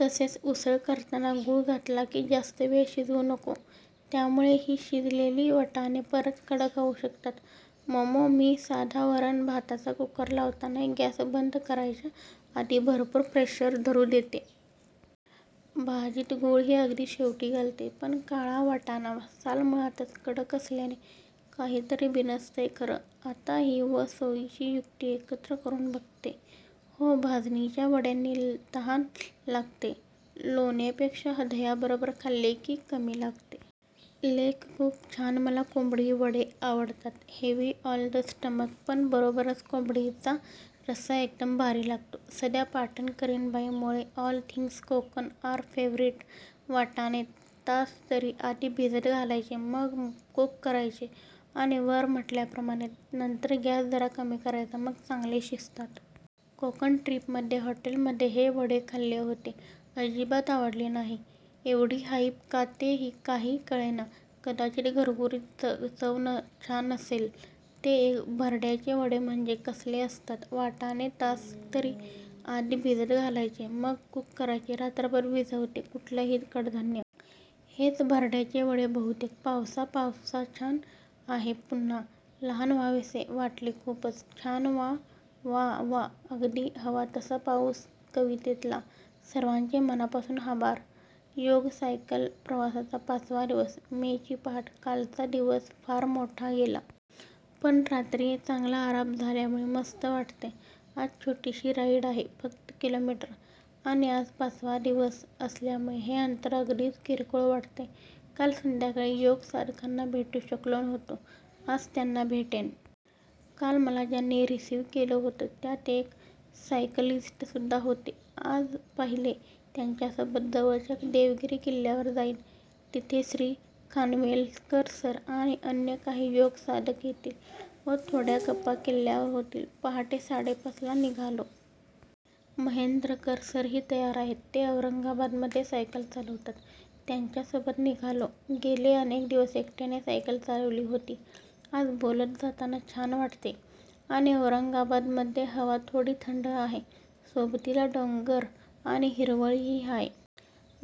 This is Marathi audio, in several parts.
तसेच उसळ करताना गूळ घातला की जास्त वेळ शिजवू नको. त्यामुळे ही शिजलेले वाटाणे परत कडक होऊ शकतात. ममो, मी साधा वरण भाताचा कूकर लावतानाही गॅस बंद करायच्या आधी भरपूर प्रेशर धरू देते. भाजीत गूळही अगदी शेवटी घालते. पण काळा वाटाणा साल मुळातच कडक असल्याने काहितरी बिनसतंय खरं. आता ही व सायोची युक्ती एकत्र करून बघते. हो भाजणीच्या वड्यांनी तहान लागते. लोण्यापेक्षा दह्याबरोबर खाल्ले की कमी लागते. लेख खूप छान️मला कोम्ब्डी वडे आव डतात. हेवी ऑन द स्टमक पण बरोबरच कोंबडीचा रस्सा एकदम भारी लागतो. सध्या पाटण करीण बाईं मुळे all things Konkan are favourite. वाटाणे तास तरी आधी भिजत घालायचे मग कूक करायचे, आणि वर म्हटल्याप्रमाणे नंतर गॅस जरा कमी करायचा, मग चांगले शिजतात. कोकण ट्रिप मध्ये हॉटेलमध्ये हे वडे खाल्ले होते, अजिबात आवडले नाही. एवढी हाईप का ते काही कळेना! कदाचित घरगुती चव छान असेल. ते एक भरड्याचे वडे म्हणजे कसले असतात? वाटाणे तास तरी आधी भिजत घालायचे मग कूक करायचे रात्रभर भिजवते कुठलंही कडधान्य. हेच भरड्याचे वडे बहुतेक. पावसा पावसाछान आहेपुन्हा लहान व्हावेसे वाटलेखुपच छानवा वा वा अगदी हव्वा तस्सा पाऊस कवितेतला. सर्वांचे मनापासून आभार. योग- सायकल प्रवासाचा पाचवा दिवस, मे ची पहाट. कालचा दिवस फार मोठा गेला. पण रात्री चांगला आराम झाल्यामुळे मस्त वाटतंय. आज छोटीच राईड आहे- फक्त किलोमीटर. आणि आज पाचवा दिवस असल्यामुळे हे अंतर अगदीच किरकोळ वाटतंय. काल संध्याकाळी योग साधकांना भेटू शकलो नव्हतो. आज त्यांना भेटेन. काल मला ज्यांनी रिसीव्ह केलं होतं त्यात एक सायकलिस्टसुद्धा होते. आज पहिले त्यांच्यासोबत जवळच्याच देवगिरी किल्ल्यावर जाईन. तिथे श्री. खानवेलकर सर आणि अन्य काही योग साधक येतील व थोड्या गप्पा किल्ल्यावर होतील. पहाटे साडेपाचला निघालो. महेंद्रकर सरही तयार आहेत. ते औरंगाबादमध्ये सायकल चालवतात. त्यांच्यासोबत निघालो. गेले अनेक दिवस एकट्याने सायकल चालवली होती. आज बोलत जाताना छान वाटतंय. आणि औरंगाबादमध्ये हवा थोडी थंड आहे, सोबतीला डोंगर आणि हिरवळही आहे.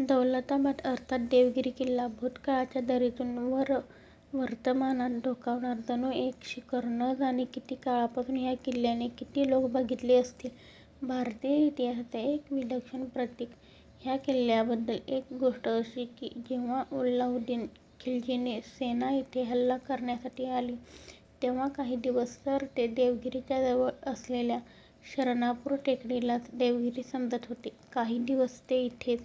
दौलताबाद अर्थात् देवगिरी किल्ला! भूतकाळाच्या दरीतून वर वर्तमानात डोकावणारं जणू एक शिखर! न जाणे किती काळापासून ह्या किल्ल्याने किती लोक बघितले असतील! भारतीय इतिहासाचं एक विलक्षण प्रतिक! ह्या किल्ल्याबद्दल एक गोष्ट अशी की, जेव्हा अल्लाउद्दीन खिलजीची सेना इथे हल्ला करण्यासाठी आली, तेव्हा काही दिवस तर ते देवगिरीच्या जवळ असलेल्या शरणापूर टेकडीलाच देवगिरी समजत होते! काही दिवस ते इथेच